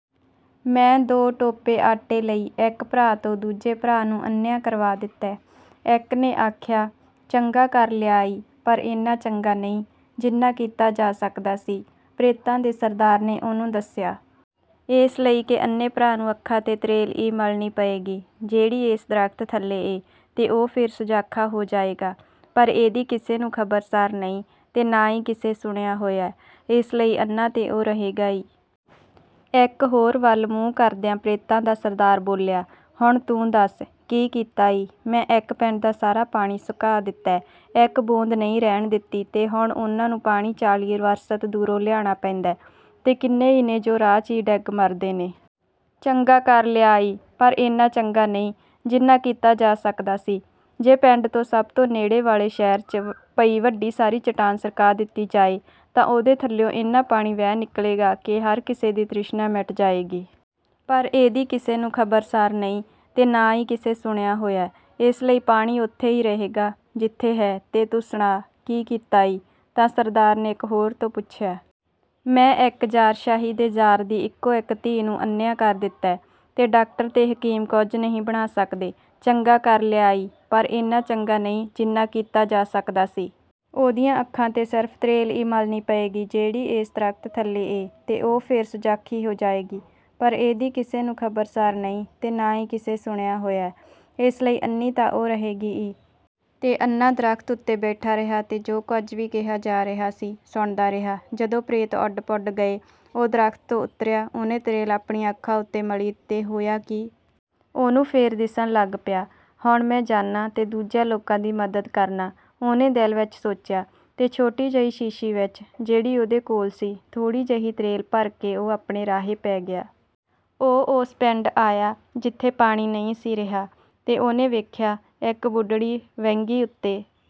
“ਮੈਂ ਦੋ ਟੋਪੇ ਆਟੇ ਲਈ ਇੱਕ ਭਰਾ ਤੋਂ ਦੂਜੇ ਭਰਾ ਨੂੰ ਅੰਨ੍ਹਿਆਂ ਕਰਵਾ ਦਿੱਤੈ,” ਇੱਕ ਨੇ ਆਖਿਆ। “ਚੰਗਾ ਕਰ ਲਿਆ ਈ, ਪਰ ਏਨਾ ਚੰਗਾ ਨਹੀਂ, ਜਿੰਨਾ ਕੀਤਾ ਜਾ ਸਕਦਾ ਸੀ,” ਪ੍ਰੇਤਾਂ ਦੇ ਸਰਦਾਰ ਨੇ ਉਹਨੂੰ ਦੱਸਿਆ। “ਏਸ ਲਈ ਕਿ ਅੰਨ੍ਹੇ ਭਰਾ ਨੂੰ ਅੱਖਾਂ ’ਤੇ ਤਰੇਲ ਈ ਮਲਣੀ ਪਏਗੀ, ਜਿਹੜੀ ਏਸ ਦਰਖ਼ਤ ਥੱਲੇ ਏ, ਤੇ ਉਹ ਫੇਰ ਸੁਜਾਖਾ ਹੋ ਜਾਏਗਾ। ਪਰ ਇਹਦੀ ਕਿਸੇ ਨੂੰ ਖ਼ਬਰ-ਸਾਰ ਨਹੀਂ, ਤੇ ਨਾ ਈ ਕਿਸੇ ਸੁਣਿਆ ਹੋਇਐ, ਏਸ ਲਈ ਅੰਨ੍ਹਾ ਤੇ ਉਹ ਰਹੇਗਾ ਈ।” ਇੱਕ ਹੋਰ ਵੱਲ ਮੂੰਹ ਕਰਦਿਆਂ ਪ੍ਰੇਤਾਂ ਦਾ ਸਰਦਾਰ ਬੋਲਿਆ: “ਹੁਣ ਤੂੰ ਦੱਸ, ਕੀ ਕੀਤਾ ਈ?" "ਮੈਂ ਇੱਕ ਪਿੰਡ ਦਾ ਸਾਰਾ ਪਾਣੀ ਸੁਕਾ ਦਿੱਤੈ, ਇੱਕ ਬੂੰਦ ਨਹੀਂ ਰਹਿਣ ਦਿੱਤੀ, ਤੇ ਹੁਣ ਉਹਨਾਂ ਨੂੰ ਪਾਣੀ ਚਾਲੀ ਵਰਸਤ ਦੂਰੋਂ ਲਿਆਣਾ ਪੈਂਦੈ, ਤੇ ਕਿੰਨੇ ਈ ਨੇ ਜੋ ਰਾਹ ’ਚ ਈ ਡਿਗ ਮਰਦੇ ਨੇ।” “ਚੰਗਾ ਕਰ ਲਿਆ ਈ, ਪਰ ਏਨਾ ਚੰਗਾ ਨਹੀਂ, ਜਿੰਨਾ ਕੀਤਾ ਜਾ ਸਕਦਾ ਸੀ।” “ਜੇ ਪਿੰਡ ਤੋਂ ਸਭ ਤੋਂ ਨੇੜੇ ਵਾਲੇ ਸ਼ਹਿਰ ’ਚ ਪਈ ਵੱਡੀ ਸਾਰੀ ਚਟਾਨ ਸਰਕਾ ਦਿੱਤੀ ਜਾਏ, ਤਾਂ ਉਹਦੇ ਥੱਲਿਉਂ ਏਨਾ ਪਾਣੀ ਵਹਿ ਨਿਕਲੇਗਾ ਕਿ ਹਰ ਕਿਸੇ ਦੀ ਤ੍ਰਿਸ਼ਨਾ ਮਿਟ ਜਾਏਗੀ।” “ਪਰ ਇਹਦੀ ਕਿਸੇ ਨੂੰ ਖ਼ਬਰ-ਸਾਰ ਨਹੀਂ, ਤੇ ਨਾ ਈ ਕਿਸੇ ਸੁਣਿਆ ਹੋਇਐ, ਏਸ ਲਈ ਪਾਣੀ ਓਥੇ ਈ ਰਹੇਗਾ, ਜਿਥੇ ਹੈ।” “ਤੇ ਤੂੰ ਸੁਣਾ, ਕੀ ਕੀਤਾ ਈ?” ਤਾਂ ਸਰਦਾਰ ਨੇ ਇਕ ਹੋਰ ਤੋਂ ਪੁੱਛਿਆ। “ਮੈਂ ਇੱਕ ਜ਼ਾਰਸ਼ਾਹੀ ਦੇ ਜ਼ਾਰ ਦੀ ਇਕੋ-ਇੱਕ ਧੀ ਨੂੰ ਅੰਨ੍ਹਿਆਂ ਕਰ ਦਿੱਤੈ, ਤੇ ਡਾਕਟਰ ਤੇ ਹਕੀਮ ਕੁਝ ਨਹੀਂ ਬਣਾ ਸਕਦੇ।” “ਚੰਗਾ ਕਰ ਲਿਆ ਈ, ਪਰ ਏਨਾ ਚੰਗਾ ਨਹੀਂ, ਜਿੰਨਾ ਕੀਤਾ ਜਾ ਸਕਦਾ ਸੀ।" “ਉਹਦੀਆਂ ਅੱਖਾਂ ’ਤੇ ਸਿਰਫ਼ ਤਰੇਲ ਈ ਮਲਣੀ ਪਏਗੀ, ਜਿਹੜੀ ਏਸ ਦਰਖ਼ਤ ਥੱਲੇ ਏ, ਤੇ ਉਹ ਫੇਰ ਸੁਜਾਖੀ ਹੋ ਜਾਏਗੀ।" “ਪਰ ਇਹਦੀ ਕਿਸੇ ਨੂੰ ਖ਼ਬਰ-ਸਾਰ ਨਹੀਂ, ਤੇ ਨਾ ਈ ਕਿਸੇ ਸੁਣਿਆ ਹੋਇਐ, ਏਸ ਲਈ ਅੰਨ੍ਹੀ ਤਾਂ ਉਹ ਰਹੇਗੀ ਈ।” ਤੇ ਅੰਨ੍ਹਾ ਦਰਖ਼ਤ ਉਤੇ ਬੈਠਾ ਰਿਹਾ ਤੇ ਜੁ ਕੁਝ ਵੀ ਕਿਹਾ ਜਾ ਰਿਹਾ ਸੀ, ਸੁਣਦਾ ਰਿਹਾ। ਜਦੋਂ ਪ੍ਰੇਤ ਉਡ-ਪੁਡ ਗਏ, ਉਹ ਦਰਖ਼ਤ ਤੋਂ ਉਤਰਿਆ, ਉਹਨੇ ਤਰੇਲ ਆਪਣੀਆਂ ਅੱਖਾਂ ਉਤੇ ਮਲੀ ਤੇ ਹੋਇਆ ਕੀ! ਉਹਨੂੰ ਫੇਰ ਦਿੱਸਣ ਲੱਗ ਪਿਆ। “ਹੁਣ ਮੈਂ ਜਾਨਾਂ ਤੇ ਦੂਜਿਆਂ ਲੋਕਾਂ ਦੀ ਮਦਦ ਕਰਨਾਂ,” ਉਹਨੇ ਦਿਲ ਵਿੱਚ ਸੋਚਿਆ। ਤੇ ਛੋਟੀ ਜਿਹੀ ਸ਼ੀਸ਼ੀ ਵਿੱਚ, ਜਿਹੜੀ ਉਹਦੇ ਕੋਲ ਸੀ, ਥੋੜ੍ਹੀ ਜਿਹੀ ਤਰੇਲ ਭਰ ਕੇ ਉਹ ਆਪਣੇ ਰਾਹੇ ਪੈ ਗਿਆ। ਉਹ ਓਸ ਪਿੰਡ ਆਇਆ, ਜਿਥੇ ਪਾਣੀ ਨਹੀਂ ਸੀ ਰਿਹਾ, ਤੇ ਉਹਨੇ ਵੇਖਿਆ, ਇੱਕ ਬੁਢੜੀ ਵਹਿੰਗੀ ਉਤੇ